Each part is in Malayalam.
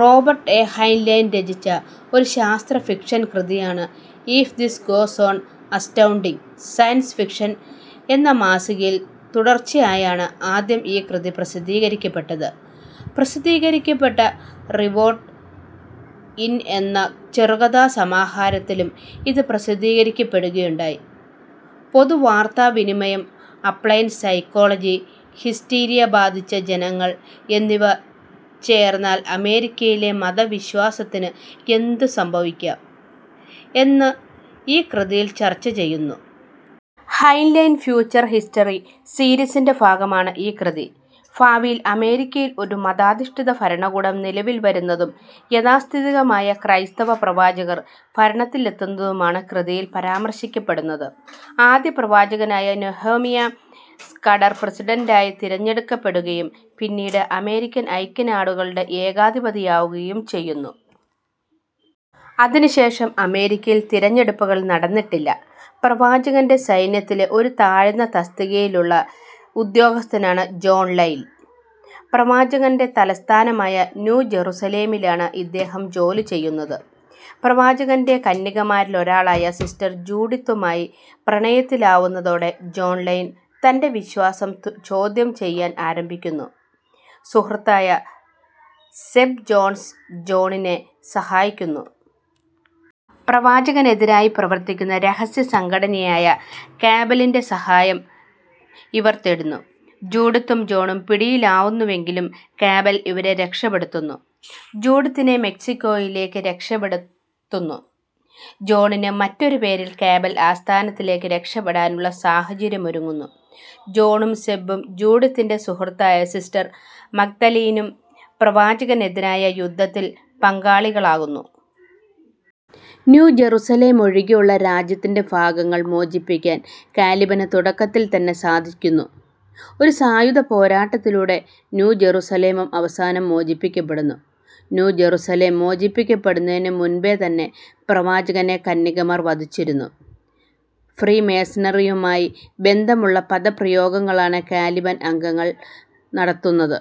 Robert A. ഹൈൻലൈൻ രചിച്ച ഒരു ശാസ്ത്ര ഫിക്ഷൻ കൃതിയാണ് " if this goes on ". Astounding science fiction എന്ന മാസികയിൽ തുടർച്ചയായാണ് ആദ്യം ഈ കൃതി പ്രസിദ്ധീകരിക്കപ്പെട്ടത്. പ്രസിദ്ധീകരിക്കപ്പെട്ട റിവോൾട്ട് ഇൻ എന്ന ചെറുകഥാസമാഹാരത്തിലും ഇത് പ്രസിദ്ധീകരിക്കപ്പെടുകയുണ്ടായി. പൊതു വാർത്താവിനിമയം, അപ്ലൈഡ് സൈക്കോളജി, ഹിസ്റ്റീരിയ ബാധിച്ച ജനങ്ങൾ എന്നിവ ചേർന്നാൽ അമേരിക്കയിലെ മത വിശ്വാസത്തിന് എന്ത് സംഭവിക്കാം എന്ന് ഈ കൃതി ചർച്ച ചെയ്യുന്നു. ഹൈൻലൈന്റെ ഫ്യൂച്ചർ ഹിസ്റ്ററി സീരീസിന്റെ ഭാഗമാണ് ഈ കൃതി. ഭാവിയിൽ അമേരിക്കയിൽ ഒരു മതാധിഷ്ടിത ഭരണകൂടം നിലവിൽ വരുന്നതും യാഥാസ്ഥിതികരായ ക്രൈസ്തവ " പ്രവാചകന്മാർ " ഭരണത്തിലെത്തുന്നതുമാണ് കൃതിയിൽ പരാമർശിക്കപ്പെടുന്നത്. ആദ്യ ' പ്രവാചകനായ ' നെഹേമിയ സ്കഡർ പ്രസിഡന്റായി തിരഞ്ഞെടുക്കപ്പെടുകയും പിന്നീട് അമേരിക്കൻ ഐക്യനാടുകളുടെ ഏകാധിപതിയാകുകയും ചെയ്യുന്നു. അതിനു ശേഷം അമേരിക്കയിൽ തിരഞ്ഞെടുപ്പുകൾ നടന്നിട്ടില്ല. പ്രവാചകന്റെ സൈന്യത്തിലെ ഒരു താഴ്ന്ന തസ്തികയിലുള്ള ഉദ്യോഗസ്ഥനാണ് ജോൺ ലൈൽ. പ്രവാചകന്റെ തലസ്ഥാനമായ ന്യൂ ജെറുസലേമിലാണ് ഇദ്ദേഹം ജോലി ചെയ്യുന്നത്. പ്രവാചകന്റെ കന്യകമാരിലൊരാളായ സിസ്റ്റർ ജൂഡിത്തുമായി പ്രണയത്തിലാകുന്നതോടെ ജോൺ ലൈൽ തന്റെ വിശ്വാസം ചോദ്യം ചെയ്യാൻ ആരംഭിക്കുന്നു. സുഹൃത്തായ സെബ് ജോൺസ് ജോണിനെ സഹായിക്കുന്നു. പ്രവാചകനെതിരായി പ്രവർത്തിക്കുന്ന രഹസ്യ സംഘടനയായ " കാബലിന്റെ " സഹായം ഇവർ തേടുന്നു. ജൂഡിത്തും ജോണും പിടിയിലാകുന്നുവെങ്കിലും കാബൽ ഇവരെ രക്ഷപെടുത്തുന്നു. ജൂഡിത്തിനെ മെക്സിക്കോയിലേയ്ക്ക് രക്ഷപെടുത്തുന്നു. ജോണിന് മറ്റൊരു പേരിൽ കാബൽ ആസ്ഥാനത്തിലേയ്ക്ക് രക്ഷപെടാനുള്ള സാഹചര്യമൊരുങ്ങുന്നു. ജോണും സെബും ജൂഡിത്തിന്റെ സുഹൃത്തായ സിസ്റ്റർ മതാലീനും പ്രവാചകനെതിരായ യുദ്ധത്തിൽ പങ്കാളികളാകുന്നു. ന്യൂ ജറുസലേമൊഴികെയുള്ള രാജ്യത്തിന്റെ ഭാഗങ്ങൾ മോചിപ്പിക്കാൻ കാലിബന് തുടക്കത്തിൽ തന്നെ സാധിക്കുന്നു. ഒരു സായുധ പോരാട്ടത്തിലൂടെ ന്യൂ ജറുസലേമും അവസാനം മോചിപ്പിക്കപ്പെടുന്നു. ന്യൂ ജറുസലേം മോചിപ്പിക്കപ്പെടുന്നതിനു മുൻപേ തന്നെ പ്രവാചകനെ കന്യകമാർ വധിച്ചിരുന്നു. ഫ്രീമേസണറിയുമായി ബന്ധമുള്ള പദപ്രയോഗങ്ങളാണ് കാലിബൻ അംഗങ്ങൾ നടത്തുന്നത്.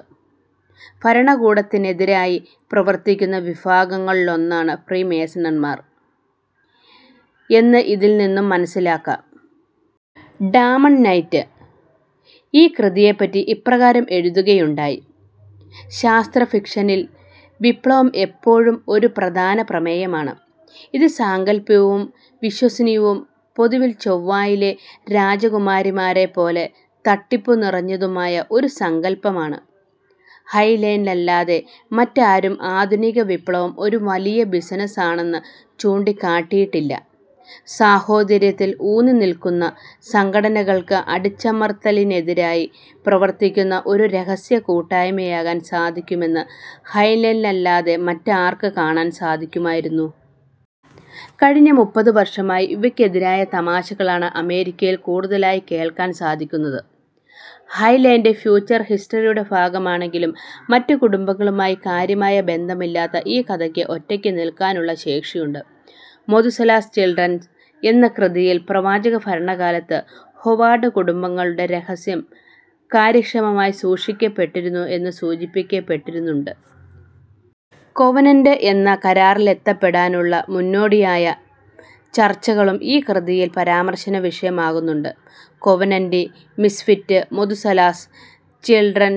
ഭരണകൂടത്തിനെതിരായി പ്രവർത്തിക്കുന്ന വിഭാഗങ്ങളിലൊന്നാണ് ഫ്രീമേസണ്മാർ എന്ന് ഇതിൽ നിന്ന് മനസ്സിലാക്കാം. ഡാമൺ നൈറ്റ് ഈ കൃതിയെപ്പറ്റി ഇപ്രകാരം എഴുതുകയുണ്ടായി: ശാസ്ത്രഫിക്ഷനിൽ വിപ്ലവം എപ്പോഴും ഒരു പ്രധാന പ്രമേയമാണ്. ഇത് സാങ്കൽപികവും വിശ്വസനീയവും പൊതുവിൽ ചൊവ്വയിലെ രാജകുമാരിമാരെപ്പോലെ തട്ടിപ്പുനിറഞ്ഞതുമായ ഒരു സങ്കൽപ്പമാണ്. ഹൈൻലൈനല്ലാതെ മറ്റാരും ആധുനിക വിപ്ലവം ഒരു വലിയ ബിസിനസാണെന്ന് ചൂണ്ടിക്കാട്ടിയിട്ടില്ല. സാഹോദര്യത്തിൽ ഊന്നിനിൽക്കുന്ന സംഘടനകൾക്ക് അടിച്ചമർത്തലിനെതിരായി പ്രവർത്തിക്കുന്ന ഒരു രഹസ്യ കൂട്ടായ്മയാകാൻ സാധിക്കുമെന്ന് ഹൈൻലൈനല്ലാതെ മറ്റാർക്ക് കാണാൻ സാധിക്കുമായിരുന്നു? കഴിഞ്ഞ മുപ്പത് വർഷമായി ഇവയ്ക്കെതിരായ തമാശകളാണ് അമേരിക്കയിൽ കൂടുതലായി കേൾക്കാൻ സാധിക്കുന്നത്. ഹൈൻലൈന്റെ ഫ്യൂച്ചർ ഹിസ്റ്ററിയുറ്റെ ഭാഗമാണെങ്കിലും മറ്റ് കുടുംബങ്ങളുമായി കാര്യമായ ബന്ധമില്ലാത്ത ഈ കഥയ്ക്ക് ഒറ്റയ്ക്കുനിൽക്കാനുള്ള ശേഷിയുണ്ട്. മെതുസലാസ് ചിൽഡ്രൺ എന്ന കൃതിയിൽ പ്രവാചകഭരണകാലത്ത് ഹൊവാർഡ് കുടുംബങ്ങളുടെ രഹസ്യം കാര്യക്ഷമമായി സൂക്ഷിക്കപ്പെട്ടിരുന്നു എന്ന് സൂചിപ്പിക്കപ്പെട്ടിരുന്നുണ്ട്. കോവനന്റ് എന്ന കരാറിലെത്തിപ്പെടാനുള്ള മുന്നോടിയായ ചർച്ചകളും ഈ കൃതിയിൽ പരാമർശവിഷയമാകുന്നുണ്ട്. " കോവനന്റി "," മിസ്ഫിറ്റ് ", മുതുസലാസ് ചിൽഡ്രൺ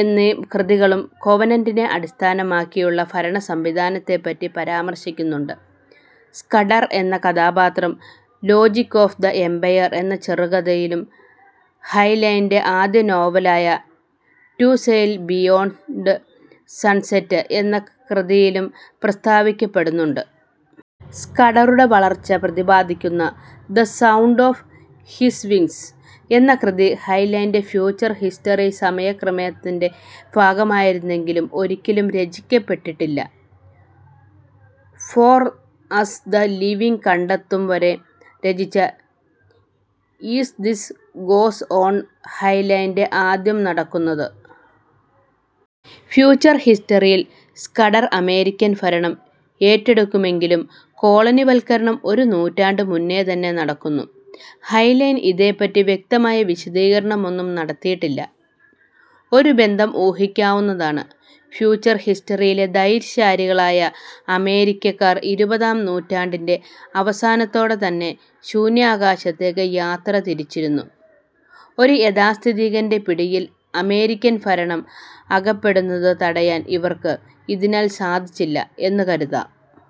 എന്നീ കൃതികളിൽ കോവനന്റിനെ അടിസ്ഥാനമാക്കിയുള്ള ഭരണസംവിധാനത്തെപ്പറ്റി പരാമർശിക്കുന്നുണ്ട്. സ്കഡർ എന്ന കഥാപാത്രം " ലോജിക് ഓഫ് ദ എമ്പയർ " എന്ന ചെറുകഥയിലും ഹൈൻലൈന്റെ ആദ്യ നോവലായ റ്റു സെയിൽ ബിയോൺഡ് സൺസെറ്റ് എന്ന കൃതിയിലും പ്രസ്താവിക്കപ്പെടുന്നുണ്ട്. സ്കഡറുടെ വളർച്ച പ്രതിപാദിക്കുന്ന " the sound of his wings " എന്ന കൃതി ഹൈൻലൈന്റെ ഫ്യൂച്ചർ ഹിസ്റ്ററി സമയക്രമേത്തിന്റെ ഭാഗമായിരുന്നുവെങ്കിലും ഒരിക്കലും രചിക്കപ്പെട്ടില്ല. ഫോർ അസ്, ദ ലിവിംഗ് കണ്ടെത്തും വരെ രചിച്ച ഈഫ് ദിസ് ഗോസ് ഓൺ ഹൈൻലൈന്റെ ആദ്യം നടക്കുന്നത്. ഫ്യൂച്ചർ ഹിസ്റ്ററിയിൽ സ്കഡർ അമേരിക്കൻ ഭരണം ഏറ്റെടുക്കുമെങ്കിലും കോളനിവൽക്കരണം ഒരു നൂറ്റാണ്ടു മുന്നേതന്നെ നടക്കുന്നു. ഹൈൻലൈൻ ഇതേപ്പറ്റി വ്യക്തമായ വിശദീകരണമൊന്നും നടത്തിയിട്ടില്ല. ഒരു ബന്ധം ഊഹിക്കാവുന്നതാണ്: ഫ്യൂച്ചർ ഹിസ്റ്ററിയിൽ ധൈര്യശാലികളായ അമേരിക്കക്കാർ ഇരുപതാം നൂറ്റാണ്ടിന്റെ അവസാനത്തോടെതന്നെ ശൂന്യാകാശത്തേയ്ക്ക് യാത്ര തിരിച്ചിരുന്നു. ഒരു യാഥാസ്ഥിതികന്റെ പിടിയിൽ അമേരിക്കൻ ഭരണം അകപ്പെടുന്നത് തടയാൻ ഇവർക്ക് ഇതിനാൽ സാധിച്ചില്ല എന്ന് കരുതാം. ".